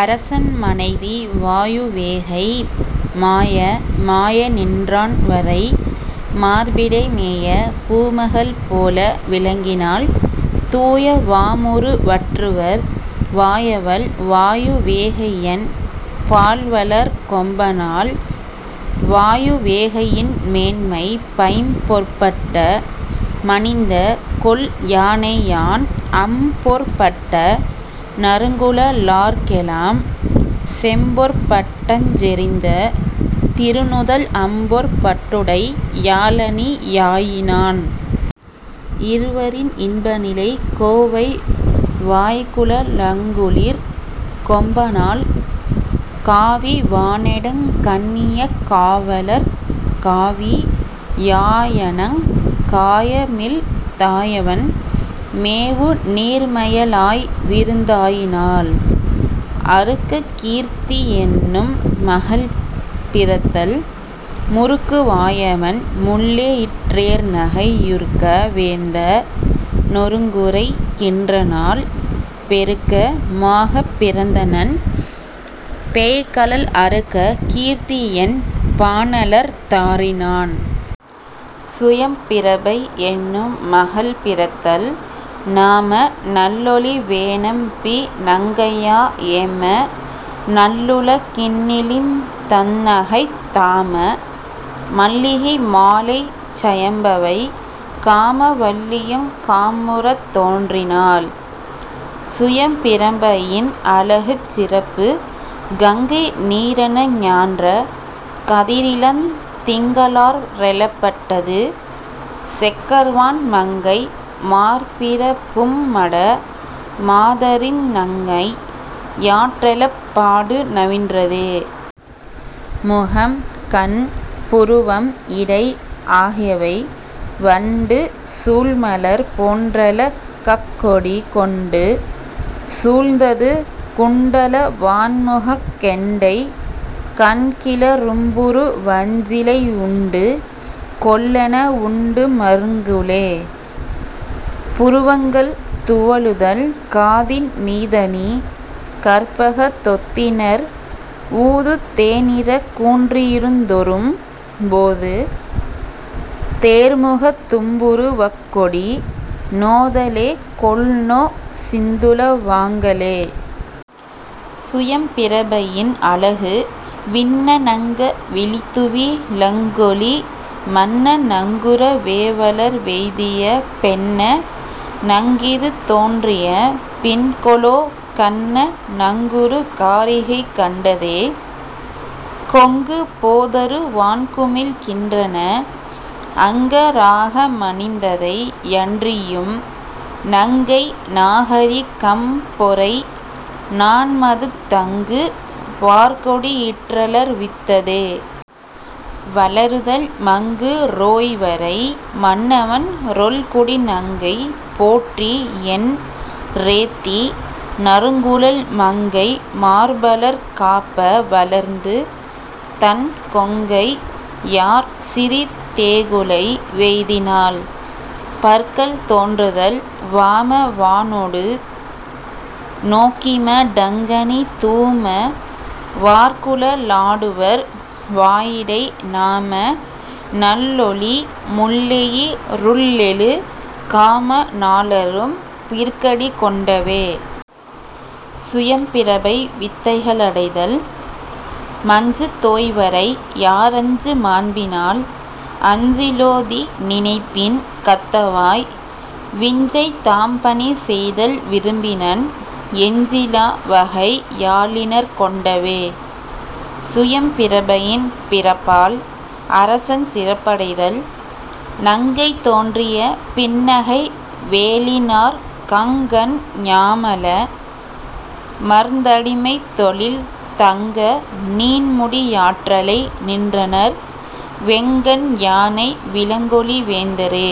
அரசன் மனைவி வாயுவேகை மாய மாயநின் றான்வரை மார்பிடை மேய பூமகள் போல விளங்கினாள் தூய வாமுறு வற்றுவர் வாயவள் வாயு வேகையென் பாள்வளர் கொம்பனாள். வாயுவேகையின் மேன்மை பைம்பொற் பட்ட மணிந்த கொல் யானையான் அம்பொற் பட்ட நறுங்குழ லார்க்கெலாம் செம்பொற் பட்டஞ் செறிந்த திருநுதல் அம்பொற் பட்டுடை யாளணி யாயினான். இருவரின் இன்பநிலை கோவை வாய்குழ லங்குளிர் கொம்பனாள் காவி வாணெடுங் கண்ணியக் காவலற் காவி யாயணங் காயமிழ் தாயவன் மேவு நீர்மைய ளாய்விருந் தாயினாள். அருக்ககீர்த்தி என்னும் மகன் பிறத்தல் முருக்கு வாயவண் முள்ளெயிற் றேர்நகை யுருக்க வேந்த னொருங்குறை கின்றநாள் பெருக்க மாகப் பிறந்தனன் பெய்கழல் அருக்க கீர்த்தி யென் பானலர் தாரினான். சுயம்பிரபை என்னும் மகள் பிறத்தல் நாம நள்லொளி வேனம்பி நங்கையா யேம நல்லுல கின்னிழிந் தந்நகைத் தாம மல்லிகை மாலைச் சயம்பவை காம வல்லியுங் காமுறத் தோன்றினாள். சுயம்பிரபையின் அழகுச் சிறப்பு கங்கை நீரன ஞான்ற கதிரிளந் திங்க ளாற்றெழப் பட்டது செக்கர்வான் மங்கை மார்பிறப் பும்மட மாதரிந் நங்கை யாற்றெழப் பாடு நவின்றதே. முகம், கண், புருவம், இடை ஆகியவை வண்டு சூழ்மலர் போன்றள கக்கொடி கொண்டு சூழ்ந்தது குண்டல வாண்முகங் கெண்டை கண்கிள ரும்புரு வஞ்சிலை உண்டு கொல்லென வுண்டும ருங்குலே. புருவங்கள் துவளுதல் காதின் மீதணி கற்பகத் தொத்திணர் ஊது தேனிற கூன்றியி ருத்தொறும் போது தேர்முகத் தும்புரு வக்கொடி நோத லேகொல்நொ சிந்துள வாங்களே. சுயம்பிரபையின் அழகு விண்ண ணங்க விழித்துவி ளங்கொளி மண்ண ணங்குற வேவளர் வெய்திய பெண்ண ணங்கிது தோன்றிய பின்கொலோ கன்ன ணங்குறு காரிகை கண்டதே. கொங்கு போதரு வான்குமிழ் கின்றன அங்க ராகம ணிந்ததை யன்றியும் நங்கை நாகரி கம்பொறை நாண்மதுத் தங்கு வார்கொடி யிற்றளர் வித்ததே. வளருதல் மங்கு றோய்வரை மன்னவன் றொல்குடி நங்கை போற்றியென் றேத்தி நறுங்குழல் மங்கை மார்பலர் காப்ப வளர்ந்துதன் கொங்கை யாற்சிறி தேகுழை வெய்தினாள். பற்கள் தோன்றுதல் வாம வாணொடு நோக்கிம டங்கனி தூம வார்குழ லாடுவர் வாயிடை நாம நள்லொளி முள்ளெயி றுள்ளெழு காம னாளரும் பிற்கடி கொண்டவே. சுயம்பிரபை வித்தைகளடைதல் மஞ்சு தோய்வரை யாரஞ்சு மாண்பினால் அஞ்சி லோதிநி னைப்பின கத்தவாய் விஞ்சை தாம்பணி செய்தல்வி ரும்பினன் எஞ்சி லாவகை யாலிணர் கொண்டவே. சுயம்பிரபையின் பிறப்பால் அரசன் சிறப்படைதல் நங்கை தோன்றிய பின்னகை வேலினாற் கங்கண் ஞாமல மர்ந்தடி மைத்தொழில் தங்க நீண்முடி யாற்றலை நின்றனர் வெங்கண் யானைவி ளங்கொளி வேந்தரே.